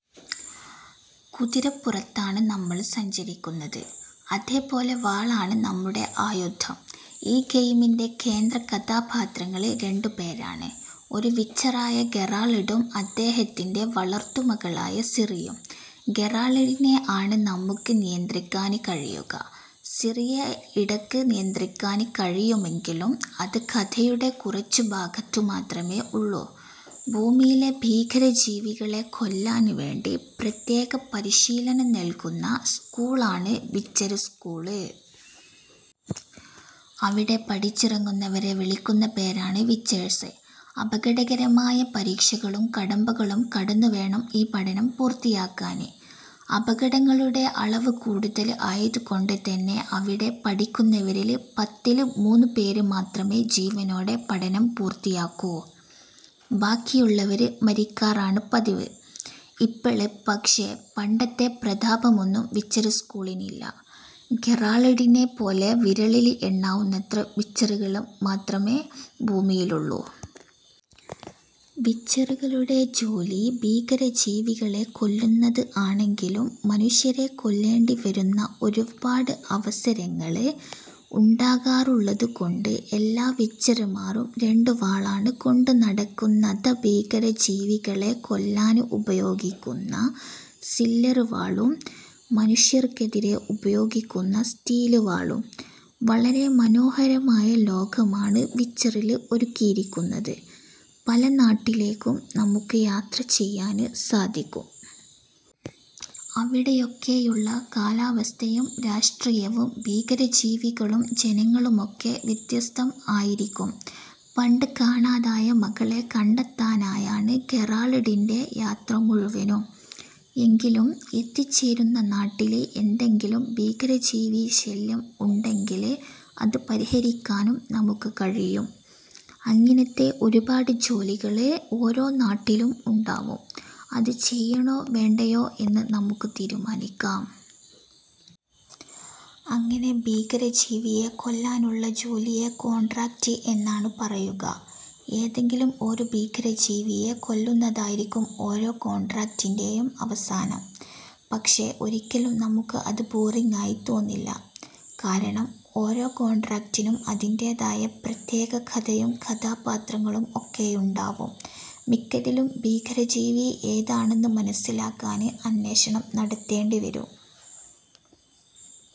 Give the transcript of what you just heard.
കുതിരപ്പുറത്താണ് നമ്മള് സഞ്ചരിക്കുന്നത്, അതേ പോലെ വാളാണ് നമ്മുടെ ആയുധം. ഈ ഗെയിമിന്റെ കേന്ദ്രകഥാപാത്രങ്ങള് രണ്ടുപേരാണ്ഒരു വിച്ചറായ ഗെറാള്ഡും, അദ്ദേഹത്തിന്റെ വളര്ത്തു മകളായ സിറിയും. ഗെറാള്ഡിനെ ആണ് നമുക്ക് നിയന്ത്രിക്കാന് കഴിയുക, സിറിയെ ഇടക്ക് നിയന്ത്രിക്കാന് കഴിയുമെങ്കിലും അത് കഥയുടെ കുറച്ചു ഭാഗത്തു മാത്രമേ ഉള്ളൂ. ഭൂമിയിലെ ഭീകരജീവികളെ കൊല്ലാന് വേണ്ടി പ്രത്യേക പരിശീലനം നല്കുന്ന സ്കൂള് ആണ് 'വിച്ചര് സ്കൂള്'. അവിടെ പഠിച്ചിറങ്ങുന്നവരെ വിളിക്കുന്ന പേരാണ് 'വിച്ചേഴ്സ്'. അപകടകരമായ പരീക്ഷകളും കടമ്പകളും കടന്നു വേണം ഈ പഠനം പൂര്ത്തിയാക്കാന്. അപകടങ്ങളുടെ അളവ് കൂടുതല് ആയത് കൊണ്ട് തന്നെ അവിടെ പഠിക്കുന്നവരില് പത്തില് മൂന്നു പേര് മാത്രമേ ജീവനോടെ പഠനം പൂര്ത്തിയാക്കൂ. ബാക്കിയുള്ളവര് മരിക്കാറാണ് പതിവ്. ഇപ്പൊള് പക്ഷേ പണ്ടത്തെ പ്രതാപമൊന്നും വിച്ചര് സ്കൂളിനില്ല, ഗെറാള്ഡിനേപ്പോലെ വിരളില് എണ്ണാവുന്നത്ര വിച്ചറുകള് മാത്രമേ ഭൂമിയിലുള്ളു. വിച്ചറുകളുടെ ജോലി ഭീകരജീവികളെ കൊല്ലുന്നത് ആണെങ്കിലും മനുഷ്യരെ കൊല്ലേണ്ടി വരുന്ന ഒരുപാട് അവസരങ്ങള് ഉണ്ടാകാറുള്ളതുകൊണ്ട് എല്ലാ വിച്ചര്മാരും രണ്ടുവാളാണ് കൊണ്ടുനടക്കുന്നത്ഭീകര ജീവികളെ കൊല്ലാന് ഉപയോഗിക്കുന്ന സില്വര് വാളും, മനുഷ്യര്ക്കെതിരെ ഉപയോഗിക്കുന്ന സ്റ്റീല് വാളും. വളരെ മനോഹരമായ ലോകമാണ് വിച്ചറില് ഒരുക്കിയിരിക്കുന്നത്. പല നാട്ടിലേക്കും നമുക്ക് യാത്ര ചെയ്യാന് സാധിക്കും. അവിടെയൊക്കെയുളള കാലാവസ്ഥയും രാഷ്ട്രീയവും ഭീകരജീവികളും ജനങ്ങളുമൊക്കെ വ്യത്യസ്തം ആയിരിക്കും. പണ്ട് കാണാതായ മകളെ കണ്ടെത്താനായാണ് ഗെറാള്ഡിന്റെ യാത്ര മുഴുവനും. എങ്കിലും എത്തിചേരുന്ന നാട്ടില് എന്തെങ്കിലും ഭീകരജീവി ശല്യം ഉണ്ടെങ്കില് അത് പരിഹരിക്കാനും നമുക്ക് കഴിയും. അങ്ങിനത്തെ ഒരുപാട് ജോലികള് ഓരോ നാട്ടിലും ഉണ്ടാവും. അത് ചെയ്യണോ വേണ്ടയോ എന്ന് നമുക്ക് തീരുമാനിക്കാം. അങ്ങനെ ഭീകരജീവിയെ കൊല്ലാനുള്ള ജോലിയെ കോണ്ഡ്രാക്റ്റ് എന്നാണ് പറയുക. ഏതെങ്കിലും ഒരു ഭീകരജീവിയെ കൊല്ലുന്നതായിരിക്കും ഓരോ കോണ്ഡ്രാക്റ്റിന്റേയും അവസാനം. പക്ഷെ ഒരിക്കലും നമുക്ക് അത് ബോറിംഗ് ആയി തോന്നില്ല. കാരണം ഓരോ കോണ്ഡ്രാക്റ്റിനും അതിന്റേതായ പ്രത്യേക കഥയും കഥാപാത്രങ്ങളും ഒക്കെയുണ്ടാവും. മിക്കതിലും ഭീകരജീവി ഏതാണെന്നു മനസിലാക്കാന് അന്വേഷണം നടത്തേണ്ടി വരും.